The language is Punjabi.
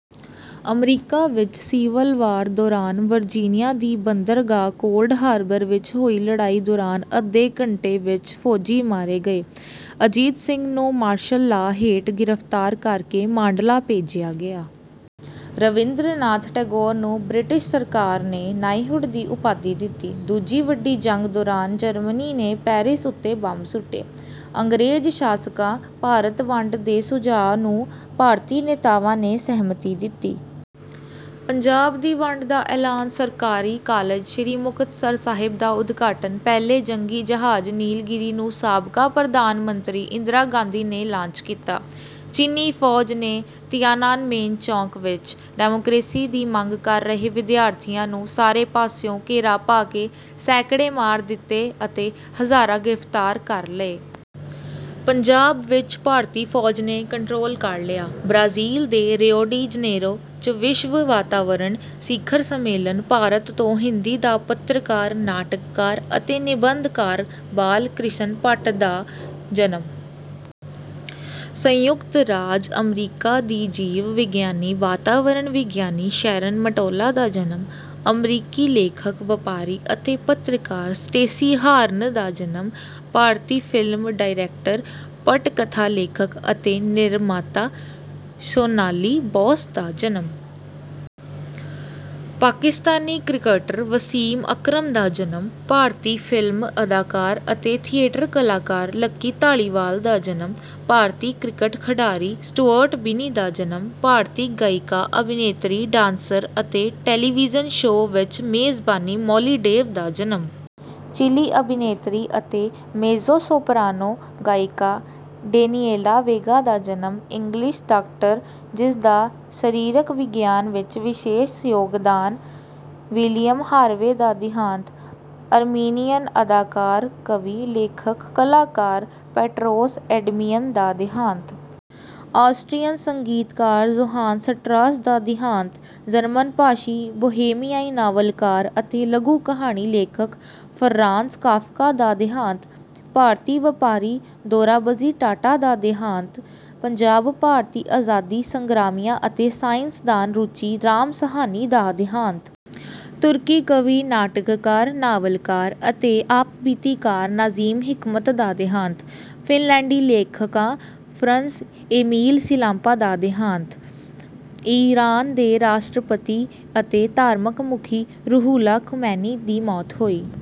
– ਅਮਰੀਕਾ ਵਿੱਚ ਸਿਵਲ ਵਾਰ ਦੌਰਾਨ ਵਰਜੀਨੀਆ ਦੀ ਬੰਦਰਗਾਹ ਕੋਲਡ ਹਾਰਬਰ ਵਿੱਚ ਹੋਈ ਲੜਾਈ ਦੌਰਾਨ ਅੱਧੇ ਘੰਟੇ ਵਿੱਚ ਫ਼ੌਜੀ ਮਾਰੇ ਗਏ। – ਅਜੀਤ ਸਿੰਘ ਨੂੰ ਮਾਰਸ਼ਲ ਲਾਅ ਹੇਠ ਗ੍ਰਿਫ਼ਤਾਰ ਕਰ ਕੇ ਮਾਂਡਲਾ ਭੇਜਿਆ ਗਿਆ। – ਰਵਿੰਦਰਨਾਥ ਟੈਗੋਰ ਨੂੰ ਬ੍ਰਿਟਿਸ਼ ਸਰਕਾਰ ਨੇ ਨਾਈਹੁਡ ਦੀ ਉਪਾਧੀ ਦਿੱਤੀ। – ਦੂਜੀ ਵੱਡੀ ਜੰਗ ਦੌਰਾਨ ਜਰਮਨੀ ਨੇ ਪੈਰਿਸ ਉਤੇ ਬੰਬ ਸੁੱਟੇ। – ਅੰਗਰੇਜ਼ ਸ਼ਾਸਕਾਂ ਭਾਰਤ ਵੰਡ ਦੇ ਸੁਝਾਅ ਨੂੰ ਭਾਰਤੀ ਨੇਤਾਵਾਂ ਨੇ ਸਹਿਮਤੀ ਦਿੱਤੀ। ਪੰਜਾਬ ਦੀ ਵੰਡ ਦਾ ਐਲਾਨ। – ਸਰਕਾਰੀ ਕਾਲਜ ਸ੍ਰੀ ਮੁਕਤਸਰ ਸਾਹਿਬ ਦਾ ਉਦਘਾਟਨ। – ਪਹਿਲੇ ਜੰਗੀ ਜਹਾਜ਼ ਨੀਲਗਿਰੀ ਨੂੰ ਸਾਬਕਾ ਪ੍ਰਧਾਨ ਮੰਤਰੀ ਇੰਦਰਾ ਗਾਂਧੀ ਨੇ ਲਾਂਚ ਕੀਤਾ। – ਚੀਨੀ ਫ਼ੌਜ ਨੇ ਤੀਆਨਾਨਮੇਨ ਚੌਕ ਵਿੱਚ ਡੈਮੋਕਰੇਸੀ ਦੀ ਮੰਗ ਕਰ ਰਹੇ ਵਿਦਿਆਰਥੀਆਂ ਨੂੰ ਸਾਰੇ ਪਾਸਿਉਂ ਘੇਰਾ ਪਾ ਕੇ ਸੈਂਕੜੇ ਮਾਰ ਦਿਤੇ ਅਤੇ ਹਜ਼ਾਰਾਂ ਗ੍ਰਿਫ਼ਤਾਰ ਕਰ ਲਏ। – ਪੰਜਾਬ ਵਿੱਚ ਭਾਰਤੀ ਫ਼ੌਜ ਨੇ ਕੰਟਰੋਲ ਕਰ ਲਿਆ। – ਬ੍ਰਾਜ਼ੀਲ ਦੇ ਰਿਓ ਡੀ ਜਨੇਰੋ 'ਚ ਵਿਸ਼ਵ ਵਾਤਾਵਰਣ ਸਿਖਰ ਸੰਮੇਲਨ। – ਭਾਰਤ ਤੋਂ ਹਿੰਦੀ ਦਾ ਪੱਤਰਕਾਰ, ਨਾਟਕਕਾਰ ਅਤੇ ਨਿਬੰਧਕਾਰ ਬਾਲ ਕ੍ਰਿਸ਼ਨ ਭੱਟ ਦਾ ਜਨਮ। – ਸੰਯੁਕਤ ਰਾਜ ਅਮਰੀਕਾ ਦੀ ਜੀਵ ਵਿਗਿਆਨੀ, ਵਾਤਾਵਰਣ ਵਿਗਿਆਨੀ ਸ਼ੈਰਨ ਮਟੋਲਾ ਦਾ ਜਨਮ। – ਅਮਰੀਕੀ ਲੇਖਕ, ਵਪਾਰੀ ਅਤੇ ਪੱਤਰਕਾਰ ਸਟੇਸੀ ਹਾਰਨ ਦਾ ਜਨਮ। – ਭਾਰਤੀ ਫਿਲਮ ਡਾਇਰੈਕਟਰ, ਪਟਕਥਾ ਲੇਖਕ ਅਤੇ ਨਿਰਮਾਤਾ ਸ਼ੋਨਾਲੀ ਬੋਸ ਦਾ ਜਨਮ। – ਪਾਕਿਸਤਾਨੀ ਕ੍ਰਿਕਟਰ ਵਸੀਮ ਅਕਰਮ ਦਾ ਜਨਮ। – ਭਾਰਤੀ ਫ਼ਿਲਮ ਅਦਾਕਾਰ ਅਤੇ ਥੀਏਟਰ ਕਲਾਕਾਰ ਲੱਕੀ ਧਾਲੀਵਾਲ ਦਾ ਜਨਮ। – ਭਾਰਤੀ ਕ੍ਰਿਕਟ ਖਿਡਾਰੀ ਸਟੂਅਰਟ ਬਿੰਨੀ ਦਾ ਜਨਮ। – ਭਾਰਤੀ ਗਾਇਕਾ, ਅਭਿਨੇਤਰੀ, ਡਾਂਸਰ ਅਤੇ ਟੈਲੀਵੀਯਨ ਸ਼ੋਅ ਵਿੱਚ ਮੇਜ਼ਬਾਨੀ ਮੌਲੀ ਡੇਵ ਦਾ ਜਨਮ। – ਚਿਲੀ ਅਭਿਨੇਤਰੀ ਅਤੇ ਮੇਜੋ-ਸੋਪ੍ਰਾਨੋ ਗਾਇਕਾ ਡੇਨੀਏਲਾ ਵੇਗਾ ਦਾ ਜਨਮ। – ਇੰਗਲਿਸ਼ ਡਾਕਟਰ ਜਿਸ ਦਾ ਸਰੀਰਕ ਵਿਗਿਆਨ ਵਿੱਚ ਵਿਸ਼ੇਸ਼ ਯੋਗਦਾਨ ਵਿਲੀਅਮ ਹਾਰਵੇ ਦਾ ਦਿਹਾਂਤ। – ਅਰਮੀਨੀਅਨ ਅਦਾਕਾਰ, ਕਵੀ, ਲੇਖਕ, ਕਲਾਕਾਰ ਪੈਟਰੋਸ ਐਡਮਿਅਨ ਦਾ ਦਿਹਾਂਤ। – ਆਸਟ੍ਰੀਅਨ ਸੰਗੀਤਕਾਰ ਜੋਹਾਨ ਸਟਰਾਸ ਦਾ ਦਿਹਾਂਤ। – ਜਰਮਨ ਭਾਸ਼ੀ ਬੋਹੇਮੀਆਈ ਨਾਵਲਕਾਰ ਅਤੇ ਲਘੂ-ਕਹਾਣੀ ਲੇਖਕ ਫ਼ਰਾਂਜ਼ ਕਾਫ਼ਕਾ ਦਾ ਦਿਹਾਂਤ। – ਭਾਰਤੀ ਵਪਾਰੀ ਦੋਰਾਬਜੀ ਟਾਟਾ ਦਾ ਦਿਹਾਂਤ। – ਪੰਜਾਬ, ਭਾਰਤੀ ਆਜ਼ਾਦੀ ਸੰਗਰਾਮੀਆ ਅਤੇ ਸਾਇੰਸਦਾਨ ਰੁਚੀ ਰਾਮ ਸਾਹਨੀ ਦਾ ਦਿਹਾਂਤ। – ਤੁਰਕੀ ਕਵੀ, ਨਾਟਕਕਾਰ, ਨਾਵਲਕਾਰ ਅਤੇ ਆਪਬੀਤੀਕਾਰ ਨਾਜ਼ਿਮ ਹਿਕਮਤ ਦਾ ਦਿਹਾਂਤ। – ਫ਼ਿਨਲੈਂਡੀ ਲੇਖਕਾਂ ਫ਼ਰੰਸ ਏਮੀਲ ਸਿਲੰਪਾ ਦਾ ਦਿਹਾਂਤ। – ਇਰਾਨ ਦੇ ਰਾਸ਼ਟਰਪਤੀ ਅਤੇ ਧਾਰਮਕ ਮੁਖੀ ਰੂਹੁੱਲਾ ਖ਼ੁਮੈਨੀ ਦੀ ਮੌਤ ਹੋਈ।